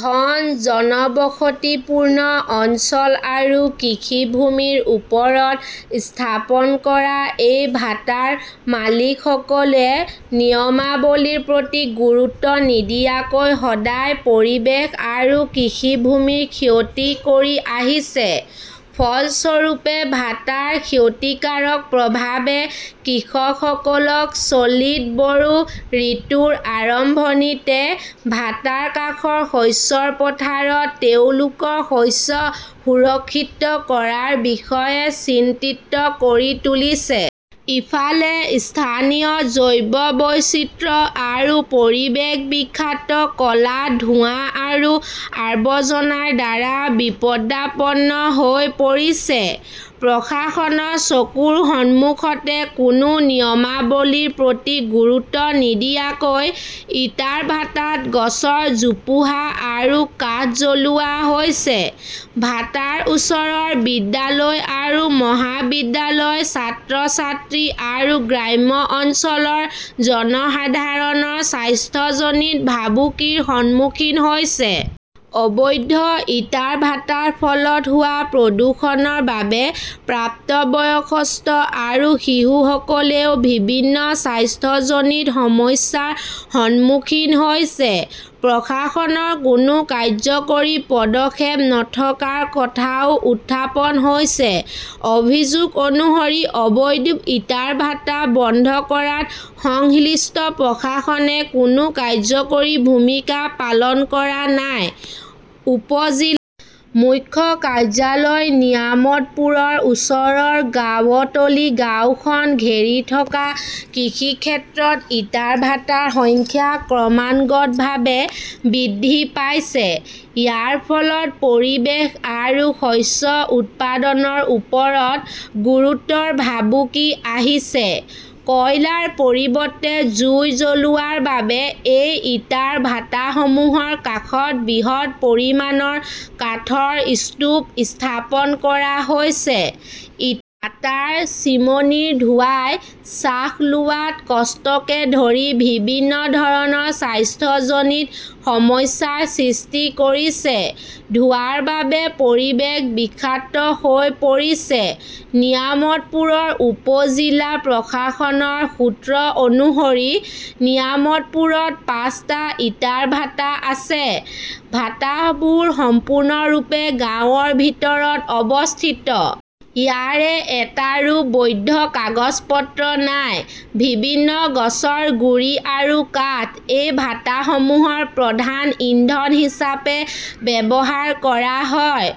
ঘন জনবসতিপূৰ্ণ অঞ্চল আৰু কৃষিভূমিৰ ওপৰত স্থাপন কৰা এই ভাটাৰ মালিকসকলে নিয়মাৱলীৰ প্ৰতি গুৰুত্ব নিদিয়াকৈ সদায় পৰিৱেশ আৰু কৃষিভূমিৰ ক্ষতি কৰি আহিছে। ফলস্বৰূপে, ভাটাৰ ক্ষতিকাৰক প্ৰভাৱে কৃষকসকলক চলিত বৰো ঋতুৰ আৰম্ভণিতে ভাটাৰ কাষৰ শস্যৰ পথাৰত তেওঁলোকৰ শস্য সুৰক্ষিত কৰাৰ বিষয়ে চিন্তিত কৰি তুলিছে। ইফালে, স্থানীয় জৈৱ বৈচিত্ৰ্য আৰু পৰিৱেশ বিষাক্ত ক'লা ধোঁৱা আৰু আৱৰ্জনাৰ দ্বাৰা বিপদাপন্ন হৈ পৰিছে। প্ৰশাসনৰ চকুৰ সন্মুখতে কোনো নিয়মাৱলীৰ প্ৰতি গুৰুত্ব নিদিয়াকৈ ইটাৰ ভাটাত গছৰ জোপোহা আৰু কাঠ জ্বলোৱা হৈছে। ভাটাৰ ওচৰৰ বিদ্যালয় আৰু মহাবিদ্যালয়ৰ ছাত্ৰ ছাত্ৰী আৰু গ্ৰাম্য অঞ্চলৰ জনসাধাৰণ স্বাস্থ্যজনিত ভাবুকিৰ সন্মুখীন হৈছে। অবৈধ ইটাৰ ভাটাৰ ফলত হোৱা প্ৰদূষণৰ বাবে প্ৰাপ্তবয়স্ক আৰু শিশুসকলেও বিভিন্ন স্বাস্থ্যজনিত সমস্যাৰ সন্মুখীন হৈছে। প্ৰশাসনৰ কোনো কাৰ্যকৰী পদক্ষেপ নথকাৰ কথাও উত্থাপন হৈছে। অভিযোগ অনুসৰি, অবৈধ ইটাৰ ভাটা বন্ধ কৰাত সংশ্লিষ্ট প্ৰশাসনে কোনো কাৰ্যকৰী ভূমিকা পালন কৰা নাই। উপজিলাৰ মুখ্য কাৰ্যালয় নিয়ামতপুৰৰ ওচৰৰ গাবটলি গাঁওখন ঘেৰি থকা কৃষিক্ষেত্ৰত ইটাৰ ভাটাৰ সংখ্যা ক্ৰমাগতভাৱে বৃদ্ধি পাইছে। ইয়াৰ ফলত পৰিৱেশ আৰু শস্য উৎপাদনৰ ওপৰত গুৰুতৰ ভাবুকি আহিছে। কয়লাৰ পৰিৱৰ্তে জুই জ্বলোৱাৰ বাবে এই ইটাৰ ভাটাসমূহৰ কাষত বৃহৎ পৰিমাণৰ কাঠৰ স্তূপ স্থাপন কৰা হৈছে। ইটাৰ ভাটাৰ চিমনীৰ ধোঁৱাই শ্বাস লোৱাত কষ্টকে ধৰি বিভিন্ন ধৰণৰ স্বাস্থ্যজনিত সমস্যাৰ সৃষ্টি কৰিছে। ধোঁৱাৰ বাবে পৰিৱেশ বিষাক্ত হৈ পৰিছে। নিয়ামতপুৰ উপজিলা প্ৰশাসনৰ সূত্ৰ অনুসৰি, নিয়ামতপুৰত পাঁচটা ইটাৰ ভাটা আছে। ভাটাবোৰ সম্পূৰ্ণৰূপে গাঁৱৰ ভিতৰত অৱস্থিত। ইয়াৰে এটাৰো বৈধ কাগজ পত্ৰ নাই। বিভিন্ন গছৰ গুৰি আৰু কাঠ এই ভাটাসমূহৰ প্ৰধান ইন্ধন হিচাপে ব্যৱহাৰ কৰা হয়।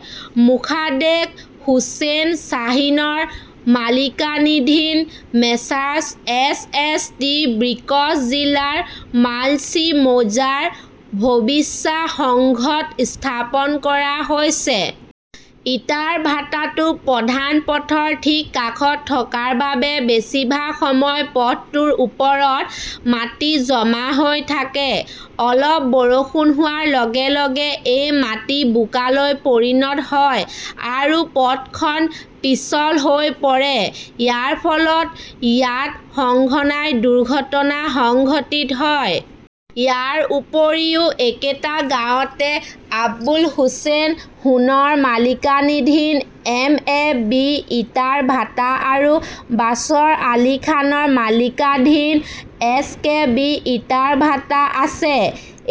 মোসাদ্দেক হোসেন শ্বাহীনৰ মালিকানাধীন Messrs S S T bricks জিলাৰ মালঞ্চি মৌজাৰ ভবিচা সংঘত স্থাপন কৰা হৈছে। ইটাৰ ভাটাটো প্ৰধান পথৰ ঠিক কাষত থকাৰ বাবে বেছিভাগ সময় পথটোৰ ওপৰত মাটি জমা হৈ থাকে। অলপ বৰষুণ হোৱাৰ লগে লগে এই মাটি বোকালৈ পৰিণত হয় আৰু পথখন পিচ্ছিল হৈ পৰে। ইয়াৰ ফলত ইয়াত সঘনাই দুৰ্ঘটনা সংঘটিত হয়। ইয়াৰ উপৰিও একেটা গাঁৱতে আবুল হোসেন সোণৰ মালিকানাধীন এম এ বি ইটাৰ ভাটা আৰু বাচৰ আলী খানৰ মালিকানাধীন এছ কে বি ইটাৰ ভাটা আছে।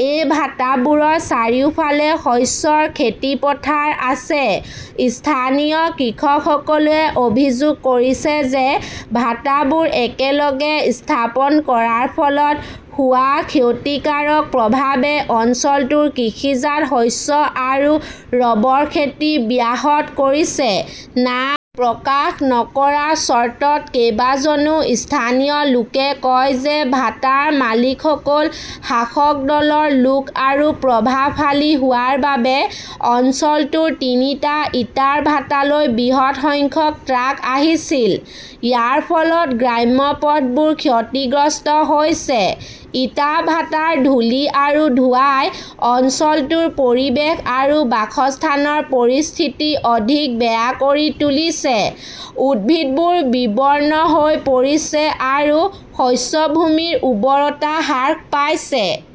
এই ভাটাবোৰৰ চাৰিওফালে শস্যৰ খেতিপথাৰ আছে। স্থানীয় কৃষকসকলে অভিযোগ কৰিছে যে ভাটাবোৰ একেলগে স্থাপন কৰাৰ ফলত হোৱা ক্ষতিকাৰক প্ৰভাৱে অঞ্চলটোৰ কৃষিজাত শস্য আৰু ৰবৰ খেতি ব্যাহত কৰিছে। নাম প্ৰকাশ নকৰাৰ চৰ্তত কেইবাজনো স্থানীয় লোকে কয় যে ভাটাৰ মালিকসকল শাসক দলৰ লোক আৰু প্ৰভাৱশালী হোৱাৰ বাবে অঞ্চলটোৰ তিনিটা ইটাৰ ভাটালৈ বৃহৎ সংখ্যক ট্ৰাক আহিছিল। ইয়াৰ ফলত গ্ৰাম্য পথবোৰ ক্ষতিগ্ৰস্ত হৈছে। ইটাৰ ভাটাৰ ধূলি আৰু ধোঁৱাই অঞ্চলটোৰ পৰিৱেশ আৰু বাসস্থানৰ পৰিস্থিতি অধিক বেয়া কৰি তুলিছে। উদ্ভিদবোৰ বিবৰ্ণ হৈ পৰিছে আৰু শস্যভূমিৰ উৰ্বৰতা হ্ৰাস পাইছে।